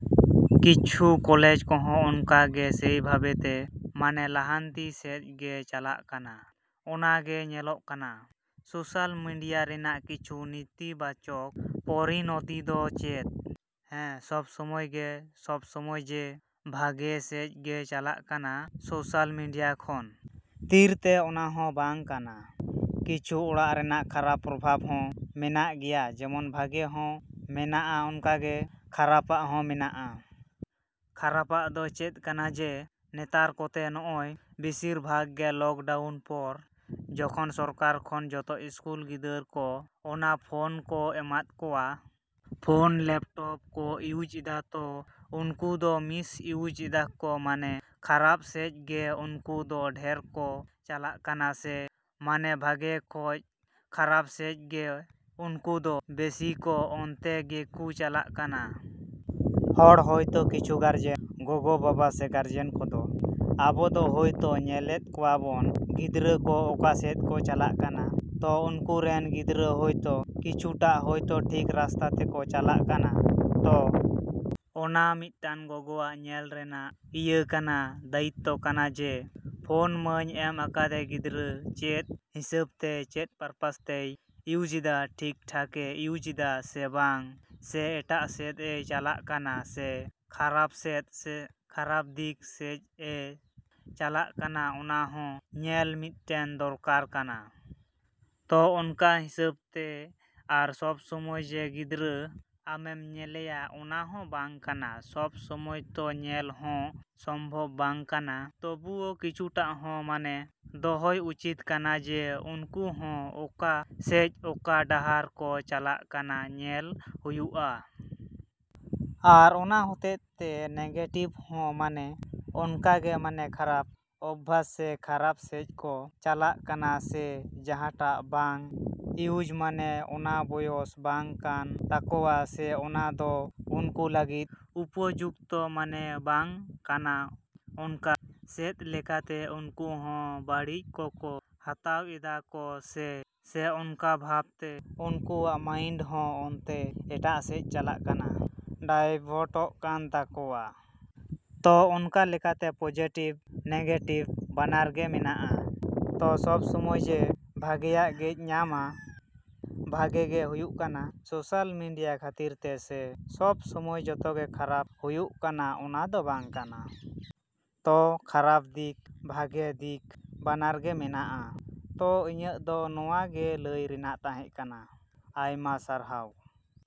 School college ᱠᱚᱦᱚᱸ ᱚᱱᱠᱟᱜᱮ ᱥᱮᱭ ᱵᱷᱟᱵᱽ ᱛᱮ ᱢᱟᱱᱮ ᱞᱟᱦᱟᱱᱛᱤ ᱥᱮᱡ ᱜᱮ ᱪᱟᱞᱟᱜ ᱠᱟᱱᱟ ᱚᱱᱟ ᱜᱮ ᱧᱮᱞᱚᱜᱚᱜ ᱠᱟᱱᱟ᱾ ᱥᱳᱥᱟᱞ ᱢᱤᱰᱤᱭᱟ ᱨᱮᱭᱟᱜ ᱠᱤᱪᱷᱩ ᱱᱤᱛᱤ ᱵᱟᱪᱚᱠ ᱯᱚᱨᱤᱱᱚᱛᱤ ᱫᱚ ᱪᱮᱫ? ᱦᱮᱸ ᱥᱚᱵᱽ ᱥᱚᱢᱚᱭᱜᱮ ᱥᱚᱵᱽ ᱥᱚᱢᱚᱭ ᱡᱮ ᱵᱷᱟᱜᱮ ᱥᱮᱡ ᱜᱮ ᱪᱟᱞᱟᱜ ᱠᱟᱱᱟ ᱥᱳᱥᱟᱞ ᱢᱮᱰᱤᱭᱟ ᱠᱷᱟ. ᱛᱤᱨ ᱛᱮ ᱚᱱᱟ ᱦᱚᱸ ᱵᱟᱝ ᱠᱟᱱᱟ᱾ ᱠᱤᱪᱷᱩ ᱚᱱᱟ ᱨᱮᱱᱟᱜ ᱠᱷᱟᱨᱟᱯ ᱯᱚᱨᱵᱷᱟᱵᱽ ᱦᱚᱸ ᱢᱮᱱᱟᱜ ᱜᱮᱭᱟ ᱡᱮᱢᱚᱱ ᱵᱷᱟᱜᱮ ᱦᱚᱸ ᱢᱮᱱᱟᱜᱼᱟ ᱚᱱᱠᱟ ᱜᱮ ᱠᱷᱟᱨᱟᱯᱟᱜ ᱦᱚᱸ ᱢᱮᱱᱟᱜᱼᱟ᱾ ᱠᱷᱟᱨᱟᱯᱟᱜ ᱫᱚ ᱪᱮᱫ ᱠᱟᱱᱟ ᱡᱮ ᱱᱮᱛᱟᱨ ᱠᱚᱛᱮ ᱦᱚᱜᱼᱚᱭ ᱵᱤᱥᱤᱨ ᱵᱷᱟᱜᱽ ᱜᱮ ᱞᱚᱠᱰᱟᱣᱩᱱ ᱯᱚᱨ ᱡᱚᱠᱷᱚᱱ ᱥᱚᱨᱠᱟᱨ ᱠᱷᱚᱱ ᱡᱚᱛᱚ ᱤᱥᱠᱩᱞ ᱜᱤᱫᱽᱨᱟᱹ ᱠᱚ ᱚᱱᱟ ᱯᱷᱳᱱ ᱠᱚ ᱮᱢᱟᱫ ᱠᱚᱣᱟ ᱾ ᱯᱷᱳᱱ ᱞᱮᱯᱴᱳᱯ ᱠᱚ ᱤᱭᱩᱡᱽ ᱮᱫᱟ ᱛᱚ ᱩᱱᱠᱩ ᱫᱚ ᱢᱤᱥ ᱤᱭᱩᱡᱽ ᱮᱫᱟ ᱠᱚ ᱢᱟᱱᱮ ᱠᱷᱟᱨᱟᱯ ᱥᱮᱡ ᱜᱮ ᱩᱱᱠᱩ ᱫᱚ ᱰᱷᱮᱨ ᱠᱚ ᱪᱟᱞᱟᱜ ᱠᱟᱱᱟ ᱥᱮ ᱢᱟᱱᱮ ᱵᱷᱟᱜᱮ ᱠᱷᱚᱡ ᱠᱷᱟᱨᱟᱯ ᱥᱮᱡ ᱜᱮ ᱩᱱᱠᱩ ᱫᱚ ᱵᱮᱥᱤ ᱠᱚ ᱚᱱᱛᱮ ᱜᱤᱠᱩ ᱪᱟᱞᱟᱜ ᱠᱟᱱᱟ᱾ ᱦᱚᱲ ᱦᱳᱭᱛᱳ ᱠᱤᱪᱷᱩ ᱜᱟᱨᱡᱮᱱ ᱜᱚᱜᱚ-ᱵᱟᱵᱟ ᱥᱮ ᱜᱟᱨᱡᱮᱱ ᱠᱚᱫᱚ ᱟᱵᱚ ᱫᱚ ᱦᱳᱭᱛᱳ ᱧᱮᱞᱮᱫ ᱠᱚᱣᱟ ᱵᱚᱱ ᱜᱤᱫᱽᱨᱟᱹ ᱠᱚ ᱚᱠᱟᱥᱮᱫ ᱠᱚ ᱪᱟᱞᱟᱜ ᱠᱟᱱᱟ ᱛᱚ ᱩᱱᱠᱩ ᱨᱮᱱ ᱜᱤᱫᱽᱨᱟᱹ ᱦᱳᱭᱛᱳ ᱠᱤᱪᱷᱩᱴᱟ ᱦᱳᱭᱛᱳ ᱴᱷᱤᱠ ᱨᱟᱥᱛᱟ ᱛᱮᱠᱚ ᱪᱟᱞᱟᱜ ᱠᱟᱱᱟ᱾ ᱛᱚ ᱚᱱᱟ ᱢᱤᱫᱴᱮᱱ ᱜᱚᱜᱚᱣᱟᱜ ᱧᱮᱞ ᱨᱮᱱᱟᱜ ᱤᱭᱟᱹ ᱠᱟᱱᱟ ᱫᱟᱭᱤᱛᱚ ᱠᱟᱱᱟ ᱡᱮ ᱯᱷᱳᱱᱢᱟᱹᱧ ᱮᱢ ᱟᱠᱟᱫᱮ ᱜᱤᱫᱽᱨᱟᱹ ᱪᱮᱫ ᱦᱤᱥᱟᱹᱵᱽᱛᱮ ᱪᱮᱫ ᱯᱟᱨᱯᱟᱥ ᱛᱮᱭ ᱤᱭᱩᱡᱽ ᱮᱫᱟ ᱴᱷᱤᱠ ᱴᱷᱟᱠᱮ ᱤᱭᱩᱡᱽ ᱮᱫᱟ ᱥᱮ ᱵᱟᱝ ᱥᱮ ᱮᱴᱟᱜ ᱥᱮᱫ ᱮ ᱪᱟᱞᱟᱜ ᱠᱟᱱᱟ ᱥᱮ ᱠᱷᱟᱨᱟᱯ ᱥᱮᱫ ᱠᱷᱟᱨᱟᱯ ᱫᱤᱠ ᱥᱮᱡ ᱮ ᱪᱟᱞᱟᱜ ᱠᱟᱱᱟ ᱚᱱᱟ ᱦᱚᱸ ᱧᱮᱞ ᱢᱤᱫᱴᱮᱱ ᱫᱚᱨᱠᱟᱨ ᱠᱟᱱᱟ᱾ ᱛᱚ ᱚᱱᱠᱟ ᱦᱤᱥᱟᱹᱵᱽ ᱛᱮ ᱟᱨ ᱥᱚᱵᱽ ᱥᱚᱢᱚᱭ ᱡᱮ ᱜᱤᱫᱽᱨᱟᱹ ᱟᱢᱮᱢ ᱧᱮᱞᱮᱭᱟ ᱚᱱᱟ ᱦᱚᱸ ᱵᱟᱝ ᱠᱟᱱᱟ ᱥᱚᱵᱽ ᱥᱚᱢᱚᱭ ᱛᱚ ᱧᱮᱞ ᱦᱚᱸ ᱥᱚᱢᱵᱷᱚᱵᱽ ᱵᱟᱝ ᱠᱟᱱᱟ ᱛᱚᱵᱩᱣᱳ ᱠᱤᱪᱷᱩᱴᱟ ᱦᱚᱸ ᱢᱟᱱᱮ ᱫᱚᱦᱚᱭ ᱩᱪᱤᱛ ᱠᱟᱱᱟ ᱡᱮ ᱩᱱᱠᱩ ᱦᱚᱸ ᱚᱠᱟ ᱥᱮᱡ ᱚᱠᱟ ᱰᱟᱦᱟᱨ ᱠᱚ ᱪᱟᱞᱟᱜ ᱠᱟᱱᱟ ᱧᱮᱞ ᱦᱩᱭᱩᱜᱼᱟ᱾ ᱟᱨ ᱚᱱᱟ ᱦᱚᱛᱮᱛᱮ ᱱᱮᱜᱮᱴᱤᱵᱽ ᱦᱚᱸ ᱢᱟᱱᱮ ᱚᱱᱠᱟ ᱜᱮ ᱢᱟᱱᱮ ᱠᱷᱟᱨᱟᱯ ᱚᱵᱵᱷᱟᱥ ᱥᱮ ᱠᱷᱟᱨᱟᱯ ᱥᱮᱡ ᱠᱚ ᱪᱟᱞᱟᱜ ᱠᱟᱱᱟ ᱥᱮ ᱡᱟᱦᱟᱸᱴᱟᱜ ᱵᱟᱝ ᱤᱭᱩᱡᱽ ᱢᱟᱱᱮ ᱚᱱᱟ ᱵᱚᱭᱮᱥ ᱵᱟᱝ ᱠᱟᱱ ᱛᱟᱠᱚᱭᱟ ᱥᱮ ᱚᱱᱟ ᱫᱚ ᱩᱱᱠᱩ ᱞᱟᱹᱜᱤᱫ ᱩᱯᱚᱡᱩᱠᱛᱚ ᱢᱟᱱᱮ ᱵᱟᱝ ᱠᱟᱱᱟ ᱚᱱᱠᱟ ᱥᱮᱫ ᱞᱮᱠᱟᱛᱮ ᱩᱱᱠᱩ ᱦᱚᱸ ᱵᱟᱲᱤᱡ ᱠᱚᱠᱚ ᱦᱟᱛᱟᱣ ᱮᱫᱟ ᱠᱚ ᱥᱮ ᱚᱱᱠᱟ ᱵᱷᱟᱵᱽ ᱛᱮ ᱩᱱᱠᱩᱣᱟᱜ ᱢᱟᱭᱤᱱᱰ ᱦᱚᱸ ᱚᱱᱛᱮ ᱮᱴᱟᱜ ᱥᱮᱡ ᱪᱟᱞᱟᱜ ᱠᱟᱱᱟ ᱰᱟᱭᱵᱷᱟᱴᱚᱜ ᱠᱟᱱ ᱛᱟᱠᱚᱣᱟ᱾ ᱛᱚ ᱚᱱᱠᱟ ᱞᱮᱠᱟᱛᱮ ᱯᱳᱡᱮᱴᱤᱵᱽ ᱱᱮᱜᱮᱴᱤᱵ ᱵᱟᱱᱟᱨ ᱜᱮ ᱢᱮᱱᱟᱜᱼᱟ᱾ ᱛᱚ ᱥᱚᱵᱽ ᱥᱚᱢᱚᱭ ᱡᱮ ᱵᱷᱟᱜᱮᱭᱟᱜ ᱜᱮᱢ ᱧᱟᱢ᱾ ᱵᱷᱟᱜᱮ ᱜᱮ ᱦᱩᱭᱩᱜ ᱠᱟᱱᱟ ᱥᱳᱥᱟᱞ ᱢᱮᱰᱤᱭᱟ ᱠᱷᱟᱹᱛᱤᱨ ᱛᱮ ᱥᱮ ᱥᱚᱵᱽ ᱥᱚᱢᱚᱭ ᱡᱚᱛᱚ ᱜᱮ ᱠᱷᱟᱨᱟᱯ ᱦᱩᱭᱩᱜ ᱠᱟᱱᱟ ᱚᱱᱟ ᱫᱚ ᱵᱟᱝ ᱠᱟᱱᱟ᱾ ᱛᱚ ᱠᱷᱟᱨᱟᱯ ᱫᱤᱠ ᱵᱷᱟᱜᱮ ᱫᱤᱠ ᱵᱟᱱᱟᱨ ᱜᱮ ᱢᱮᱱᱟᱜᱼᱟ᱾ ᱛᱚ ᱤᱧᱟ. ᱜ ᱫᱚ ᱱᱚᱣᱟ ᱜᱮ ᱞᱟᱹᱭ ᱨᱮᱱᱟᱜ ᱛᱟᱦᱮᱸ ᱠᱟᱱᱟ᱾ ᱟᱭᱢᱟ ᱥᱟᱨᱦᱟᱣ।